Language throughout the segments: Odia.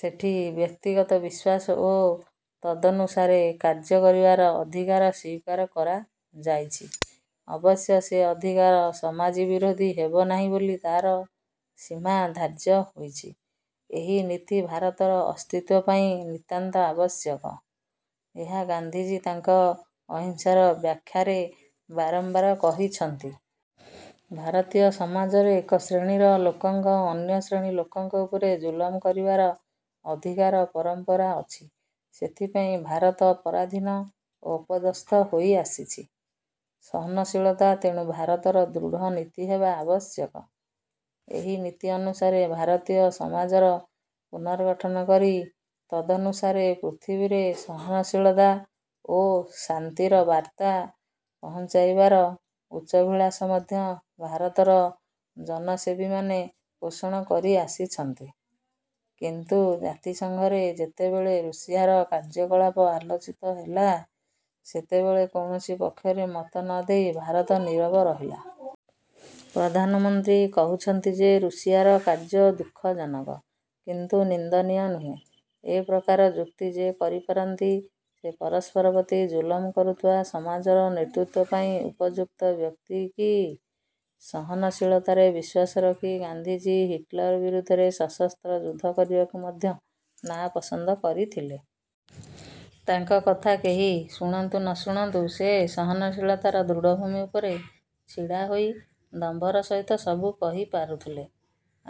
ସେଠି ବ୍ୟକ୍ତିଗତ ବିଶ୍ୱାସ ଓ ତଦନୁସାରେ କାର୍ଯ୍ୟ କରିବାର ଅଧିକାର ସ୍ୱୀକାର କରାଯାଇଛି। ଅବଶ୍ୟ ସେ ଅଧିକାର ସମାଜବିରୋଧୀ ହେବନାହିଁ ବୋଲି ତାର ସୀମା ଧାର୍ଯ୍ୟ ହୋଇଛି। ଏହି ନୀତି ଭାରତର ଅସ୍ତିତ୍ୱ ପାଇଁ ନିତାନ୍ତ ଆବଶ୍ୟକ। ଏହା ଗାନ୍ଧିଜୀ ତାଙ୍କ ଅହିଂସାର ବ୍ୟାଖ୍ୟାରେ ବାରମ୍ବାର କହିଛନ୍ତି। ଭାରତୀୟ ସମାଜରେ ଏକ ଶ୍ରେଣୀର ଲୋକଙ୍କ ଅନ୍ୟ ଶ୍ରେଣୀ ଲୋକଙ୍କ ଉପରେ ଜୁଲମ କରିବାର ଅଧିକାର ପରମ୍ପରା ଅଛି। ସେଥିପାଇଁ ଭାରତ ପରାଧୀନ ଓ ଅପଦସ୍ଥ ହୋଇଆସିଛି। ସହନଶୀଳତା ତେଣୁ ଭାରତର ଦୃଢ଼। ନୀତି ହେବା ଆବଶ୍ୟକ। ଏହି ନୀତି ଅନୁସାରେ ଭାରତୀୟ ସମାଜର ପୁନର୍ଗଠନ କରି ତଦନୁସାରେ ପୃଥିବୀରେ ସହନଶୀଳତା ଓ ଶାନ୍ତିର ବାର୍ତ୍ତା ପହୁଞ୍ଚାଇବାର ଉଚ୍ଚାଭିଳାଷ ମଧ୍ୟ ଭାରତର ଜନସେବୀମାନେ ପୋଷଣ କରିଆସିଛନ୍ତି; କିନ୍ତୁ ଜାତିସଂଘରେ ଯେତେବେଳେ ରୁଷିଆର କାର୍ଯ୍ୟକଳାପ ଆଲୋଚିତ ହେଲା, ସେତେବେଳେ କୌଣସି ପକ୍ଷରେ ମତ ନ ଦେଇ ଭାରତ ନୀରବ ରହିଲା। ପ୍ରଧାନମନ୍ତ୍ରୀ କହୁଛନ୍ତି ଯେ ରୁଷିଆର କାର୍ଯ୍ୟ ଦୁଃଖଜନକ; କିନ୍ତୁ ନିନ୍ଦନୀୟ ନୁହେଁ-। ଏପ୍ରକାର ଯୁକ୍ତି ଯେ କରିପାରନ୍ତି, ସେ ପରସ୍ପର ପ୍ରତି ଜୁଲମ କରୁଥିବା ସମାଜର ନେତୃତ୍ୱ ପାଇଁ ଉପଯୁକ୍ତ ବ୍ୟକ୍ତି କି? ସହନଶୀଳତାରେ ବିଶ୍ୱାସ ରଖି ଗାନ୍ଧିଜୀ ହିଟ୍ଲର ବିରୋଧରେ ସଶସ୍ତ୍ର ଯୁଦ୍ଧ କରିବାକୁ ମଧ୍ୟ ନାପସନ୍ଦ କରିଥିଲେ। ତାଙ୍କ କଥା କେହି ଶୁଣନ୍ତୁ ନ ଶୁଣନ୍ତୁ ସେ ସହନଶୀଳତାର ଦୃଢ଼ଭୂମି ଉପରେ ଛିଡ଼ାହୋଇ ଦମ୍ଭର ସହିତ ସବୁ କହିପାରୁଥିଲେ।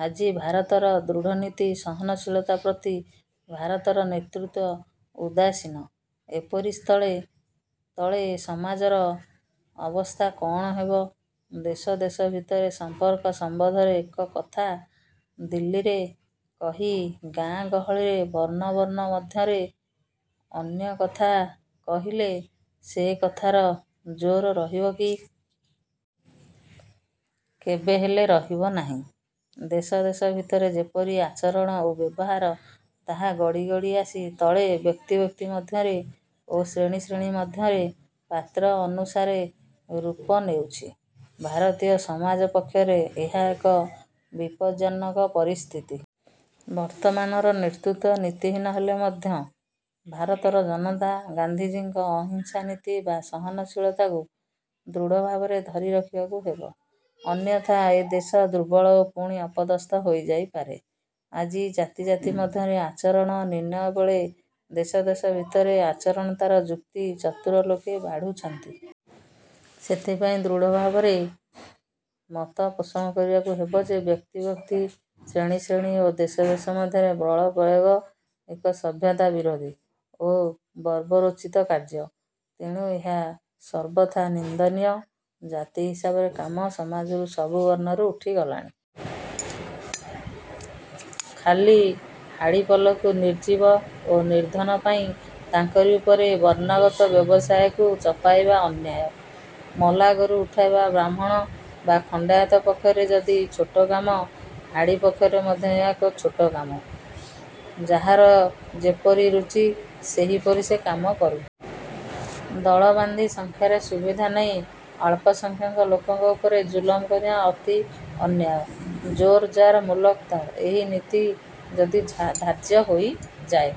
ଆଜି ଭାରତର ଦୃଢ଼ ନୀତି ସହନଶୀଳତା ପ୍ରତି ଭାରତର ନେତୃତ୍ୱ ଉଦାସୀନ। ଏପରି ସ୍ଥଳେ ତଳେ ସମାଜର ଅବସ୍ଥା କଅଣ ହେବ? ଦେଶ ଦେଶ ଭିତରେ ସମ୍ପର୍କ ସମ୍ବନ୍ଧରେ ଏକ କଥା ଦିଲ୍ଲୀରେ କହି, ଗାଁ ଗହଳିରେ ବର୍ଣ୍ଣ ବର୍ଣ୍ଣ ମଧ୍ୟରେ ଅନ୍ୟ କଥା କହିଲେ, ସେ କଥାର ଜୋର ରହିବ କି? କେବେ ହେଲେ ରହିବ ନାହିଁ-। ଦେଶ ଦେଶ ଭିତରେ ଯେପରି ଆଚରଣ ଓ ବ୍ୟବହାର ତାହା ଗଡ଼ି ଗଡ଼ି ଆସି ତଳେ ବ୍ୟକ୍ତି ବ୍ୟକ୍ତି ମଧ୍ୟରେ ଓ ଶ୍ରେଣୀ ଶ୍ରେଣୀ ମଧ୍ୟରେ ପାତ୍ର ଅନୁସାରେ ରୂପ ନେଉଛି-। ଭାରତୀୟ ସମାଜ ପକ୍ଷରେ ଏହା ଏକ ବିପଜ୍ଜନକ ପରିସ୍ଥିତି। ବର୍ତ୍ତମାନର ନେତୃତ୍ୱ ନୀତିହୀନ ହେଲେ ମଧ୍ୟ ଭାରତର ଜନତା ଗାନ୍ଧିଜୀଙ୍କ ଅହିଂସା ନୀତି ବା ସହନଶୀଳତାକୁ ଦୃଢ଼ ଭାବରେ ଧରି ରଖିବାକୁ ହେବ-। ଅନ୍ୟଥା ଏ ଦେଶ ଦୁର୍ବଳ ଓ ପୁଣି ଅପଦସ୍ଥ ହୋଇଯାଇପାରେ। ଆଜି ଜାତି ଜାତି ମଧ୍ୟରେ ଆଚରଣ ନିର୍ଣ୍ଣୟବେଳେ ଦେଶ ଦେଶ ଭିତରେ ଆଚରଣତାର ଯୁକ୍ତି ଚତୁର ଲୋକେ ବାଢ଼ୁଛନ୍ତି। ସେଥିପାଇଁ ଦୃଢ଼ଭାବରେ ମତ ପୋଷଣ କରିବାକୁ ହେବ ଯେ ବ୍ୟକ୍ତି ବ୍ୟକ୍ତି, ଶ୍ରେଣୀ ଶ୍ରେଣୀ ଓ ଦେଶ ଦେଶ ମଧ୍ୟରେ ବଳ ପ୍ରୟୋଗ ଏକ ସଭ୍ୟତା ବିରୋଧୀ ଓ ବର୍ବରୋଚିତ କାର୍ଯ୍ୟ। ତେଣୁ ଏହା ସର୍ବଥା 'ନିନ୍ଦନୀୟ' ଜାତି ହିସାବରେ କାମ ସମାଜରୁ ସବୁ ବର୍ଣ୍ଣରୁ ଉଠିଗଲାଣି। ଖାଲି ହାଡ଼ିପଲକୁ ନିର୍ଜୀବ ଓ ନିର୍ଦ୍ଧନ ପାଇ ତାଙ୍କରି ଉପରେ ବର୍ଣ୍ଣଗତ ବ୍ୟବସାୟକୁ ଚପାଇବା ଅନ୍ୟାୟ। ମଲା ଗୋରୁ ଉଠାଇବା ବ୍ରାହ୍ମଣ ବା ଖଣ୍ଡାୟତ ପକ୍ଷରେ ଯଦି ଛୋଟ କାମ, ହାଡ଼ି ପକ୍ଷରେ ମଧ୍ୟ ଏହା ଏକ ଛୋଟ କାମ। ଯାହାର ଯେପରି ରୁଚି ସେହିପରି ସେ କାମ କରୁ। ଦଳ ବାନ୍ଧି ସଂଖ୍ୟାର ସୁବିଧା ନେଇ ଅଳ୍ପସଂଖ୍ୟକ ଲୋକଙ୍କ ଉପରେ ଜୁଲମ କରିବା ଅତି ଅନ୍ୟାୟ। ଜୋର୍ ଯା'ର ମୁଲକ ତା'ର ଏହି ନୀତି ଯଦି ଧାର୍ଯ୍ୟ ହୋଇଯାଏ,